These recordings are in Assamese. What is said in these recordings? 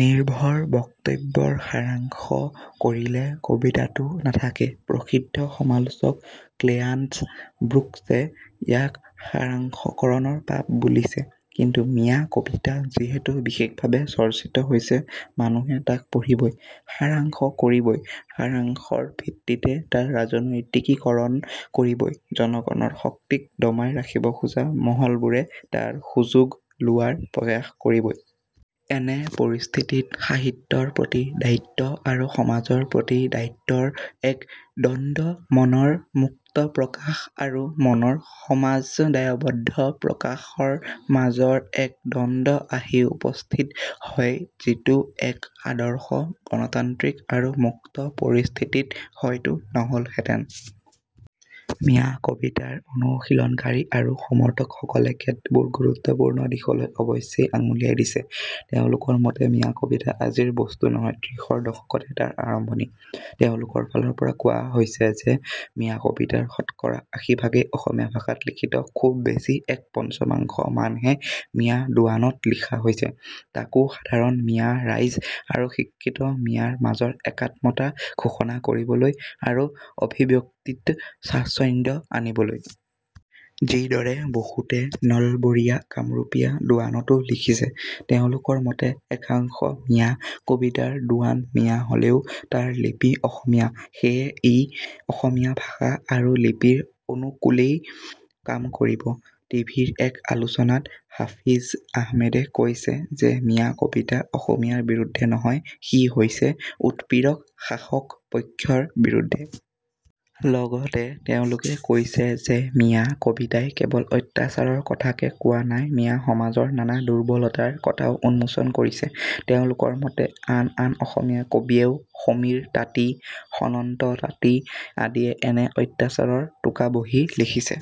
নিৰ্ভৰ বক্তব্যৰ সাৰাংশ কৰিলে কবিতাটো নাথাকে। প্ৰসিদ্ধ সমালোচক ক্লেয়ান্থ্ ব্ৰুকছে ইয়াকে সাৰাংশকৰণৰ পাপ বুলিছে। কিন্তু মিঞা কবিতা যিহেতু বিশেষভাৱে চৰ্চিত হৈছে মানুহে তাক পঢ়িবই, সাৰাংশ কৰিবই, সাৰাংশৰ ভিত্তিতে তাৰ ৰাজনৈতিকীকৰণ কৰিবই, জনগণৰ শক্তিক দমাই ৰাখিব খোজা মহলবোৰে তাৰ সুযোগ লোৱাৰ প্ৰয়াস কৰিবই। এনে পৰিস্থিতিত সাহিত্যৰ প্ৰতি দায়িত্ব আৰু সমাজৰ প্ৰতি দায়িত্বৰ এক দ্বন্দ্ব মনৰ মুক্ত প্ৰকাশ আৰু মনৰ সমাজদায়বদ্ধ প্ৰকাশৰ মাজৰ এক দ্বন্দ্ব আহি উপস্থিত হয় যিটো এক আদৰ্শ গণতান্ত্ৰিক আৰু মুক্ত পৰিস্থিতিত হয়তো নহলহেঁতেন। মিঞা কবিতাৰ অনুশীলনকাৰী আৰু সমৰ্থকসকলে কেতবোৰ গুৰুত্বপূৰ্ণ দিশলৈ অৱশ্যেই আঙুলিয়াই দিছে। তেওঁলোকৰ মতে মিঞা কবিতা আজিৰ বস্তু নহয় ত্ৰিশৰ দশকতে তাৰ আৰম্ভণি। তেওঁলোকৰ ফালৰপৰা কোৱা হৈছে যে মিঞা কবিতাৰ শতকৰা আশী ভাগেই অসমীয়া ভাষাত লিখিত খুব বেছি একপঞ্চমাংশ মানহে মিঞা দোৱানত লিখা হৈছে, তাকো সাধাৰণ মিঞা ৰাইজ আৰু শিক্ষিত মিঞাৰ মাজৰ একাত্মতা ঘোষণা কৰিবলৈ আৰু অভিব্যক্তিত স্বাচ্ছন্দ্য আনিবলৈ। যিদৰে বহুতে নলবৰীয়া কামৰূপীয়া দোৱানতো লিখিছে। তেওঁলোকৰ মতে একাংশ মিঞা কবিতাৰ দোৱান মিঞা হলেও তাৰ লিপি অসমীয়া সেয়ে ই অসমীয়া ভাষা আৰু লিপিৰ অনুকুলেই কাম কৰিব। টিভিৰ এক আলোচনাত হাফিজ আহমেদে কৈছে যে মিঞা কবিতা অসমীয়াৰ বিৰুদ্ধে নহয় সি হৈছে উৎপীড়ক শাসকপক্ষৰ বিৰুদ্ধে। লগতে তেওঁলোকে কৈছে যে মিঞা কবিতাই কেৱল অত্যাচাৰৰ কথাকে কোৱা নাই মিঞা সমাজৰ নানা দুৰ্বলতাৰ কথাও উন্মোচন কৰিছে। তেওঁলোকৰ মতে আন আন অসমীয়া কবিয়েও সমীৰ তাঁতী, সনন্ত তাঁতী আদিয়ে এনে অত্যাচাৰৰ টোকাবহী লিখিছে।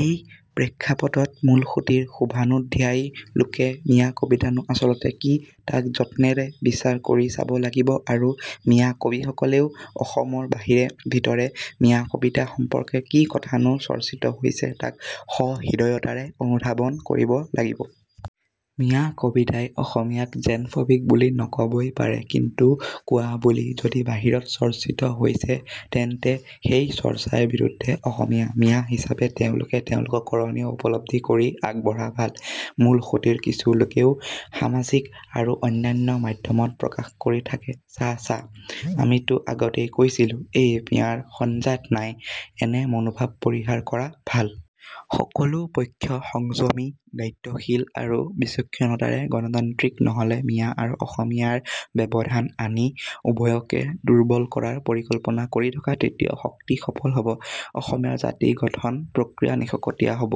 এই প্ৰেক্ষাপটত মূলসুঁতিৰ শুভানুধ্যায়ী লোকে মিঞা কবিতানো আচলতে কি তাক যত্নেৰে বিচাৰ কৰি চাব লাগিব আৰু মিঞা কবিসকলেও অসমৰ বাহিৰে ভিতৰে মিঞা কবিতা সম্পৰ্কে কি কথানো চৰ্চিত হৈছে তাক সহৃদয়তাৰে অনুধাৱন কৰিব লাগিব। মিঞা কবিতাই অসমীয়াক জেনফবিক বুলি নকবই পাৰে কিন্তু কোৱা বুলি যদি বাহিৰত চৰ্চিত হৈছে তেন্তে সেই চৰ্চাৰ বিৰুদ্ধে অসমীয়া মিঞা হিচাপে তেওঁলোকে তেওঁলোকৰ কৰণীয় উপলব্ধি কৰি আগবঢ়া ভাল। মূলসুঁতিৰ কিছু লোকেও সামাজিক আৰু অন্যান্য মাধ্যমত প্ৰকাশ কৰি থাকে, চা চা আমিতো আগতেই কৈছিলোঁ এই মিঞাৰ সঞ্জাত নাই এনে মনোভাৱ পৰিহাৰ কৰা ভাল। সকলো পক্ষ সংযমী দায়িত্বশীল আৰু বিচক্ষণতাৰে গণতান্ত্ৰিক নহ'লে মিঞা আৰু অসমীয়াৰ ব্যৱধান আনি উভয়কে দুৰ্বল কৰাৰ পৰিকল্পনা কৰি থকা তৃতীয় শক্তি সফল হ'ব। অসমীয়া জাতিগঠন প্ৰক্ৰিয়া নিশকতীয়া হ'ব।